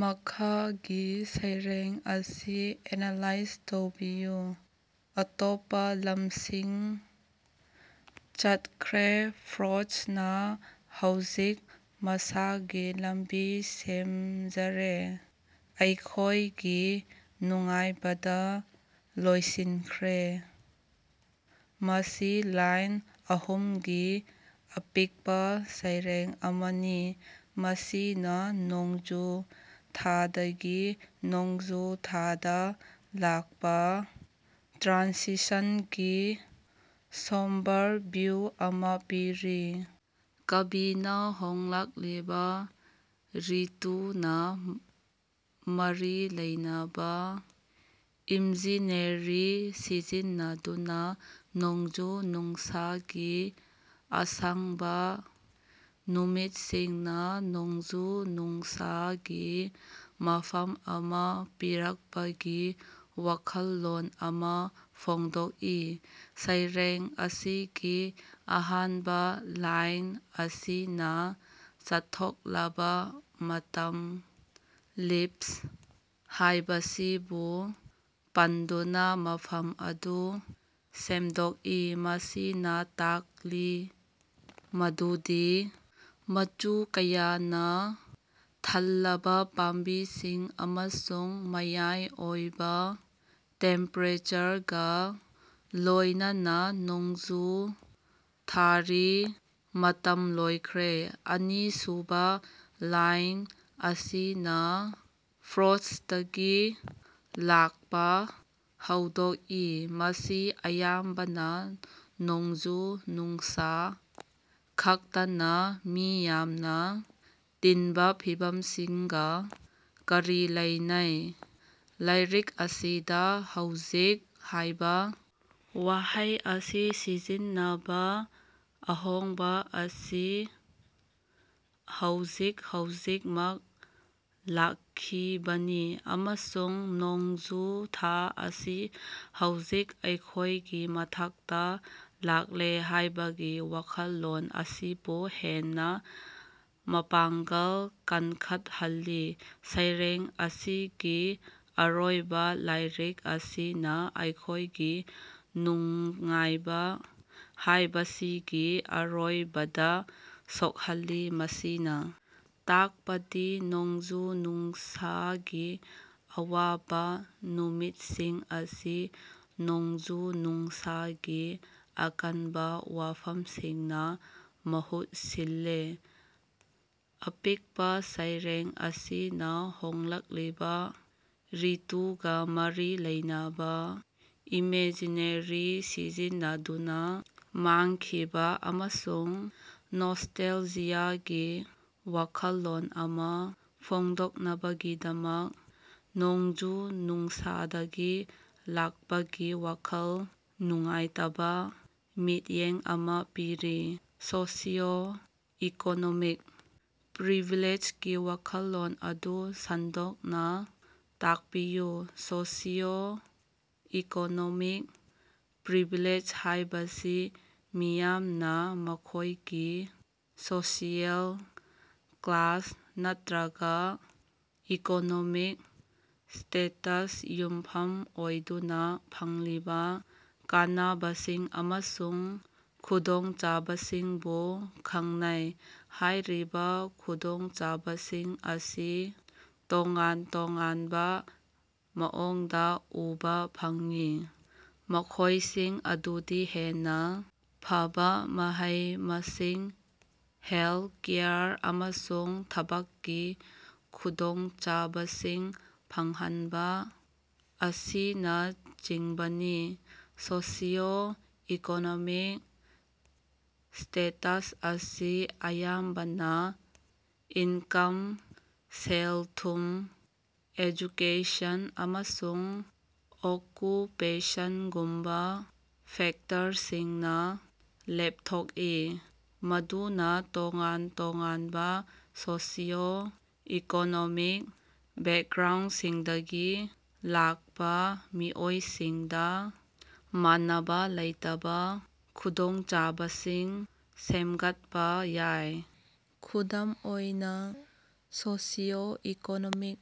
ꯃꯈꯥꯒꯤ ꯁꯩꯔꯦꯡ ꯑꯁꯤ ꯑꯦꯅꯥꯂꯥꯏꯖ ꯇꯧꯕꯤꯌꯨ "ꯑꯇꯣꯞꯄ ꯂꯝꯁꯤꯡ ꯆꯠꯈ꯭ꯔꯦ ꯐ꯭ꯔꯣꯁꯇꯅ ꯍꯧꯖꯤꯛ ꯃꯁꯥꯒꯤ ꯂꯝꯕꯤ ꯁꯦꯝꯖꯔꯦ ꯑꯩꯈꯣꯏꯒꯤ ꯅꯨꯡꯉꯥꯏꯕꯗ ꯂꯣꯏꯁꯤꯟꯈ꯭ꯔꯦ꯫" ꯃꯁꯤ ꯂꯥꯏꯟ ꯑꯍꯨꯝꯒꯤ ꯑꯄꯤꯛꯄ ꯁꯩꯔꯦꯡ ꯑꯃꯅꯤ, ꯃꯁꯤꯅ ꯅꯣꯡꯖꯨ ꯊꯥꯗꯒꯤ ꯅꯣꯡꯖꯨ ꯊꯥꯗ ꯂꯥꯛꯄ ꯇ꯭ꯔꯥꯟꯁꯤꯁꯟꯒꯤ ꯁꯣꯝꯕꯔ ꯚꯤꯎ ꯑꯃ ꯄꯤꯔꯤ꯫ ꯀꯕꯤꯅ ꯍꯣꯡꯂꯛꯂꯤꯕ ꯔꯤꯇꯨꯗꯥ ꯃꯔꯤ ꯂꯩꯅꯕ ꯏꯃꯖꯤꯅꯦꯔꯤ ꯁꯤꯖꯤꯟꯅꯗꯨꯅ ꯅꯣꯡꯖꯨ-ꯅꯨꯡꯁꯥꯒꯤ ꯑꯁꯥꯡꯕ ꯅꯨꯃꯤꯠꯁꯤꯡꯅ ꯅꯣꯡꯖꯨ-ꯅꯨꯡꯁꯥꯒꯤ ꯃꯐꯝ ꯑꯃ ꯄꯤꯔꯛꯄꯒꯤ ꯋꯥꯈꯜꯂꯣꯟ ꯑꯃ ꯐꯣꯡꯗꯣꯛꯏ꯫ ꯁꯩꯔꯦꯡ ꯑꯁꯤꯒꯤ ꯑꯍꯥꯟꯕ ꯂꯥꯏꯟ ꯑꯁꯤꯅ "ꯆꯠꯊꯣꯛꯂꯕ" "ꯑꯇꯝ ꯂꯤꯞꯁ" ꯍꯥꯏꯕꯁꯤꯕꯨ ꯄꯟꯗꯨꯅ ꯃꯐꯝ ꯑꯗꯨ ꯁꯦꯝꯗꯣꯛꯏ꯫ ꯃꯁꯤꯅ ꯇꯥꯛꯂꯤ ꯃꯗꯨꯗꯤ ꯃꯆꯨ ꯀꯌꯥꯅꯥ ꯊꯜꯂꯕꯥ ꯄꯥꯝꯕꯤꯁꯤꯡ ꯑꯃꯁꯨꯡ ꯃꯌꯥꯏ ꯑꯣꯏꯕ ꯇꯦꯝꯄꯦꯔꯦꯆꯔꯒ ꯂꯣꯏꯅꯅ ꯅꯣꯡꯖꯨ ꯊꯥꯔꯤ ꯃꯇꯝ ꯂꯣꯏꯈ꯭ꯔꯦ꯫ ꯑꯅꯤꯁꯨꯕ ꯂꯥꯏꯟ ꯑꯁꯤꯅ ꯐ꯭ꯔꯣꯁꯇꯀꯤ ꯂꯥꯛꯄ ꯍꯧꯗꯣꯛꯏ꯫ ꯃꯁꯤ ꯑꯌꯥꯝꯕꯅ ꯅꯣꯡꯖꯨ-ꯅꯨꯡꯁꯥ ꯈꯛꯇꯅ, ꯃꯤ ꯌꯥꯝꯅ ꯇꯤꯟꯕ ꯐꯤꯚꯝꯁꯤꯡꯒ ꯀꯔꯤ ꯂꯩꯅꯩ꯫ ꯂꯥꯏꯔꯤꯛ ꯑꯁꯤꯗ "ꯍꯧꯖꯤꯛ" ꯍꯥꯏꯕ ꯋꯥꯍꯩ ꯑꯁꯤ ꯁꯤꯖꯤꯟꯅꯕꯅ ꯑꯍꯣꯡꯕ ꯑꯁꯤ ꯍꯧꯖꯤꯛ ꯍꯧꯖꯤꯛꯃꯛ ꯂꯥꯛꯈꯤꯕꯅꯤ, ꯑꯃꯁꯨꯡ ꯅꯣꯡꯖꯨ ꯊꯥ ꯑꯁꯤ ꯍꯧꯖꯤꯛ ꯑꯩꯈꯣꯏꯒꯤ ꯃꯊꯛꯇꯥ ꯂꯥꯛꯂꯦ ꯍꯥꯏꯕꯒꯤ ꯋꯥꯈꯜꯂꯣꯟ ꯑꯁꯤꯕꯨ ꯍꯦꯟꯅ ꯃꯄꯥꯡꯒꯜ ꯀꯟꯈꯠꯍꯜꯂꯤ꯫ ꯁꯩꯔꯦꯡ ꯑꯁꯤꯒꯤ ꯑꯔꯣꯏꯕ ꯂꯥꯏꯔꯤꯛ ꯑꯁꯤꯅ "ꯑꯩꯈꯣꯏꯒꯤ ꯅꯨꯡꯉꯥꯏꯕ" ꯍꯥꯏꯕꯁꯤꯒꯤ ꯑꯔꯣꯏꯕꯗ ꯁꯣꯛꯍꯜꯂꯤ, ꯃꯁꯤꯅꯥ ꯇꯥꯛꯄꯗꯤ ꯅꯣꯡꯖꯨ-ꯅꯨꯡꯁꯥꯒꯤ ꯑꯋꯥꯕ ꯅꯨꯃꯤꯠꯁꯤꯡ ꯑꯁꯤ ꯅꯣꯡꯖꯨ-ꯅꯨꯡꯁꯥꯒꯤ ꯑꯀꯟꯕ ꯋꯥꯐꯝꯁꯤꯡꯅ ꯃꯍꯨꯠ ꯁꯤꯜꯂꯦ꯫ ꯑꯄꯤꯛꯄꯥ ꯁꯩꯔꯦꯡ ꯑꯁꯤꯅ ꯍꯣꯡꯂꯛꯂꯤꯕ ꯔꯤꯇꯨꯒꯥ ꯃꯔꯤ ꯂꯩꯅꯕ ꯏꯃꯦꯖꯤꯅꯦꯔꯤ ꯁꯤꯖꯤꯟꯅꯗꯨꯅ ꯃꯥꯡꯈꯤꯕ ꯑꯃꯁꯨꯡ ꯅꯣꯁꯇꯦꯜꯖꯤꯌꯥꯒꯤ ꯋꯥꯈꯜꯂꯣꯟ ꯑꯃ ꯐꯣꯡꯗꯣꯛꯅꯕꯒꯤꯗꯃꯛ, ꯅꯣꯡꯖꯨ-ꯅꯨꯡꯁꯥꯗꯒꯤ ꯂꯥꯛꯄꯒꯤ ꯋꯥꯈꯜ ꯅꯨꯡꯉꯥꯏꯇꯕ ꯃꯤꯠꯌꯦꯡ ꯑꯃ ꯄꯤꯔꯤ꯫ ꯁꯣꯁꯤꯑꯣ-ꯏꯀꯣꯅꯣꯃꯤꯛ ꯄ꯭ꯔꯤꯚꯤꯂꯦꯖꯒꯤ ꯋꯥꯈꯜꯂꯣꯟ ꯑꯗꯨ ꯁꯟꯗꯣꯛꯅ ꯇꯥꯛꯄꯤꯌꯨ꯫ ꯁꯣꯁꯤꯑꯣ-ꯏꯀꯣꯅꯣꯃꯤꯛ ꯄ꯭ꯔꯤꯚꯤꯂꯦꯖ ꯍꯥꯏꯕꯁꯤ ꯃꯤꯌꯥꯝꯅ ꯃꯈꯣꯏꯒꯤ ꯁꯣꯁꯤꯑꯦꯜ ꯀ꯭ꯂꯥꯁ ꯅꯠꯇꯔꯒ ꯏꯀꯣꯅꯣꯃꯤꯛ ꯁ꯭ꯇꯦꯇꯁꯇ ꯌꯨꯝꯐꯝ ꯑꯣꯏꯗꯨꯅ ꯐꯪꯂꯤꯕ ꯀꯥꯟꯅꯕꯁꯤꯡ ꯑꯃꯁꯨꯡ ꯈꯨꯗꯣꯡꯆꯥꯕꯁꯤꯡꯕꯨ ꯈꯪꯅꯩ꯫ ꯍꯥꯏꯔꯤꯕ ꯈꯨꯗꯣꯡꯆꯥꯕꯁꯤꯡ ꯑꯁꯤ ꯇꯣꯉꯥꯟ ꯇꯣꯉꯥꯟꯕ ꯃꯑꯣꯡꯗ ꯎꯕ ꯐꯪꯏ꯫ ꯃꯈꯣꯏꯁꯤꯡ ꯑꯗꯨꯗꯤ ꯍꯦꯟꯅ ꯐꯕ ꯃꯍꯩ-ꯃꯁꯤꯡ, ꯍꯦꯜꯀꯦꯌꯔ, ꯑꯃꯁꯨꯡ ꯊꯕꯛꯀꯤ ꯈꯨꯗꯣꯡꯆꯥꯕꯁꯤꯡ ꯐꯪꯍꯟꯕ ꯑꯁꯤꯅꯆꯤꯡꯕꯅꯤ꯫ ꯁꯣꯁꯤꯑꯣ-ꯏꯀꯣꯅꯣꯃꯤꯛ ꯁ꯭ꯇꯦꯇꯁ ꯑꯁꯤ ꯑꯌꯥꯝꯕꯅ ꯏꯟꯀꯝ, ꯁꯦꯜ-ꯊꯨꯝ, ꯑꯦꯖꯨꯀꯦꯁꯟ, ꯑꯃꯁꯨꯡ ꯑꯣꯛꯀꯨꯄꯦꯁꯟꯒꯨꯝꯕ ꯐꯦꯛꯇꯔꯁꯤꯡꯅꯥ ꯂꯦꯞꯊꯣꯛꯏ꯫ ꯃꯗꯨꯅꯥ ꯇꯣꯉꯥꯟ-ꯇꯣꯉꯥꯟꯕ ꯁꯣꯁꯤꯑꯣ-ꯏꯀꯣꯅꯣꯃꯤꯛ ꯕꯦꯛꯒ꯭ꯔꯥꯎꯁꯤꯡꯗꯒꯤ ꯂꯥꯛꯄ ꯃꯤꯑꯣꯏꯁꯤꯡꯗ ꯃꯥꯟꯅꯕꯥ ꯂꯩꯇꯕ ꯈꯨꯗꯣꯡꯆꯥꯕꯁꯤꯡ ꯁꯦꯝꯒꯠꯄ ꯌꯥꯏ꯫ ꯈꯨꯗꯝ ꯑꯣꯏꯅ, ꯁꯣꯁꯤꯑꯣ-ꯏꯀꯣꯅꯣꯃꯤꯛ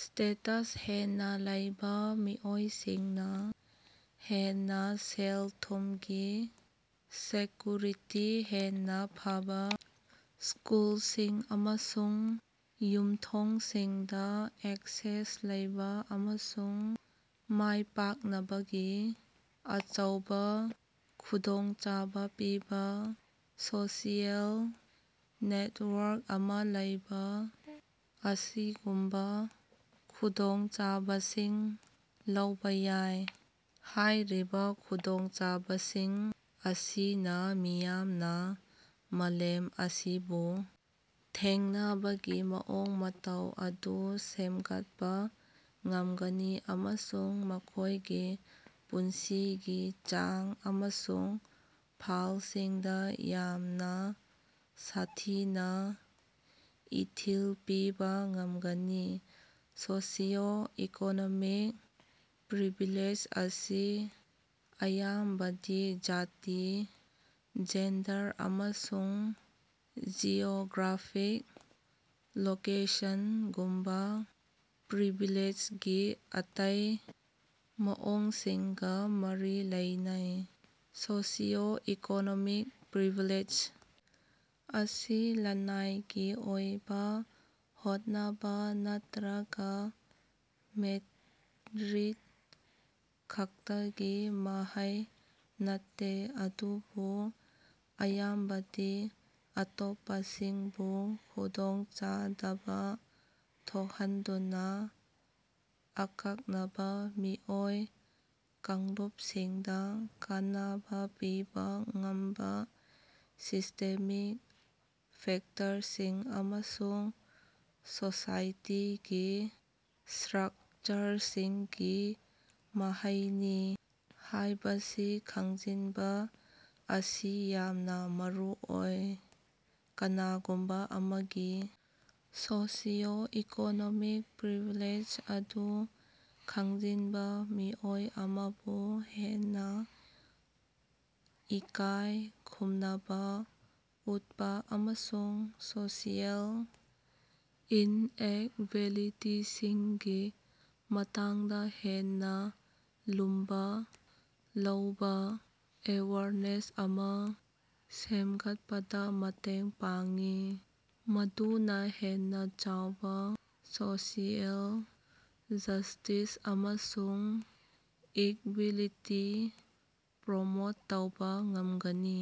ꯁ꯭ꯇꯦꯇꯁ ꯍꯦꯟꯅ ꯂꯩꯕ ꯃꯤꯑꯣꯏꯁꯤꯡꯅ ꯍꯦꯟꯅ ꯁꯦꯜ-ꯊꯨꯝꯒꯤ ꯁꯦꯛꯀꯨꯔꯤꯇꯤ, ꯍꯦꯟꯅ ꯐꯕꯥ ꯁ꯭ꯀꯨꯜꯁꯤꯡ ꯑꯃꯁꯨꯡ ꯌꯨꯝꯊꯣꯡꯁꯤꯡꯗ ꯑꯦꯛꯁꯦꯁ ꯂꯩꯕ, ꯑꯃꯁꯨꯡ ꯃꯥꯏꯄꯥꯛꯅꯕꯒꯤ ꯑꯆꯧꯕ ꯈꯨꯗꯣꯡꯆꯥꯕ ꯄꯤꯕ ꯁꯣꯁꯤꯑꯦꯜ ꯅꯦꯇꯋꯥꯔꯛ ꯑꯃ ꯂꯩꯕ ꯑꯁꯤꯒꯨꯝꯕ ꯈꯨꯗꯣꯡꯆꯥꯕꯁꯤꯡ ꯂꯧꯕ ꯌꯥꯏ꯫ ꯍꯥꯏꯔꯤꯕ ꯈꯨꯗꯣꯡꯆꯥꯕꯁꯤꯡ ꯑꯁꯤꯅꯥ ꯃꯤꯌꯥꯝꯅ ꯃꯥꯂꯦꯝ ꯑꯁꯤꯕꯨ ꯊꯦꯡꯅꯕꯒꯤ ꯃꯑꯣꯡ ꯃꯇꯧ ꯑꯗꯨ ꯁꯦꯝꯒꯠꯄ ꯉꯝꯒꯅꯤ ꯑꯃꯁꯨꯡ ꯃꯈꯣꯏꯒꯤ ꯄꯨꯟꯁꯤꯒꯤ ꯆꯥꯡ ꯑꯃꯁꯨꯡ ꯐꯜꯁꯤꯡꯗ ꯌꯥꯝꯅ ꯁꯥꯊꯤꯅ ꯏꯊꯤꯜ ꯄꯤꯕ ꯉꯝꯒꯅꯤ꯫ ꯁꯣꯁꯤꯑꯣ-ꯏꯀꯣꯅꯣꯃꯤꯛ ꯄ꯭ꯔꯤꯚꯤꯂꯦꯖ ꯑꯁꯤ ꯑꯌꯥꯝꯕꯗꯤ ꯖꯥꯇꯤ, ꯖꯦꯟꯗꯔ ꯑꯃꯁꯨꯡ ꯖꯤꯑꯣꯒ꯭ꯔꯥꯐꯤꯛ ꯂꯣꯀꯦꯁꯟꯒꯨꯝꯕ ꯄ꯭ꯔꯤꯚꯤꯂꯦꯖꯒꯤ ꯑꯇꯩ ꯃꯑꯣꯡꯁꯤꯡꯒ ꯃꯔꯤ ꯂꯩꯅꯩ꯫ ꯁꯣꯁꯤꯑꯣ-ꯏꯀꯣꯅꯣꯃꯤꯛ ꯄ꯭ꯔꯤꯚꯤꯂꯦꯖ ꯑꯁꯤ ꯂꯅꯥꯏꯒꯤ ꯑꯣꯏꯕ ꯍꯣꯠꯅꯕ ꯅꯠꯇꯔꯒ ꯃꯦꯔꯤꯠ ꯈꯛꯇꯒꯤ ꯃꯍꯩ ꯅꯠꯇꯦ, ꯑꯗꯨꯕꯨ ꯑꯌꯥꯝꯕꯗꯤ ꯑꯇꯣꯞꯄꯁꯤꯡꯕꯨ ꯈꯨꯗꯣꯡꯆꯥꯗꯕ ꯊꯣꯛꯍꯟꯗꯨꯅ ꯑꯀꯛꯅꯕ ꯃꯤꯑꯣꯏ ꯀꯥꯡꯂꯨꯞꯁꯤꯡꯗ ꯀꯥꯟꯅꯕ ꯄꯤꯕ ꯉꯝꯕ ꯁꯤꯁ꯭ꯇꯦꯃꯤꯛ ꯐꯦꯛꯇꯔꯁꯤꯡ ꯑꯃꯁꯨꯡ ꯁꯣꯁꯥꯏꯇꯤꯒꯤ ꯁ꯭ꯠꯔꯛꯆꯔꯁꯤꯡꯒꯤ ꯃꯍꯩꯅꯤ ꯍꯥꯏꯕꯁꯤ ꯈꯪꯖꯤꯟꯕ ꯑꯁꯤ ꯌꯥꯝꯅ ꯃꯔꯨꯑꯣꯏ꯫ ꯀꯅꯥꯒꯨꯝꯕ ꯑꯃꯒꯤ ꯁꯣꯁꯤꯑꯣ-ꯏꯀꯣꯅꯣꯃꯤꯛ ꯄ꯭ꯔꯤꯚꯤꯂꯦꯖ ꯑꯗꯨ ꯈꯪꯖꯤꯟꯕ ꯃꯤꯑꯣꯏ ꯑꯃꯕꯨ ꯍꯦꯟꯅ ꯏꯀꯥꯏ ꯈꯨꯝꯅꯕ ꯎꯠꯄ ꯑꯃꯁꯨꯡ ꯁꯣꯁꯤꯑꯦꯜ ꯏꯟꯑꯦꯛꯕꯦꯂꯤꯇꯤꯁꯤꯡꯒꯤ ꯃꯇꯥꯡꯗ ꯍꯦꯟꯅ ꯂꯨꯝꯅ ꯂꯧꯕ ꯑꯦꯋꯥꯔꯅꯦꯁ ꯑꯃ ꯁꯦꯝꯒꯠꯄꯗ ꯃꯇꯦꯡ ꯄꯥꯡꯏ, ꯃꯗꯨꯅ ꯍꯦꯟꯅ ꯆꯥꯎꯕ ꯁꯣꯁꯤꯑꯦꯜ ꯖꯁ꯭ꯇꯤꯁ ꯑꯃꯁꯨꯡ ꯏꯛꯕꯦꯂꯤꯇꯤ ꯄ꯭ꯔꯣꯃꯣꯠ ꯇꯧꯕ ꯉꯝꯒꯅꯤ꯫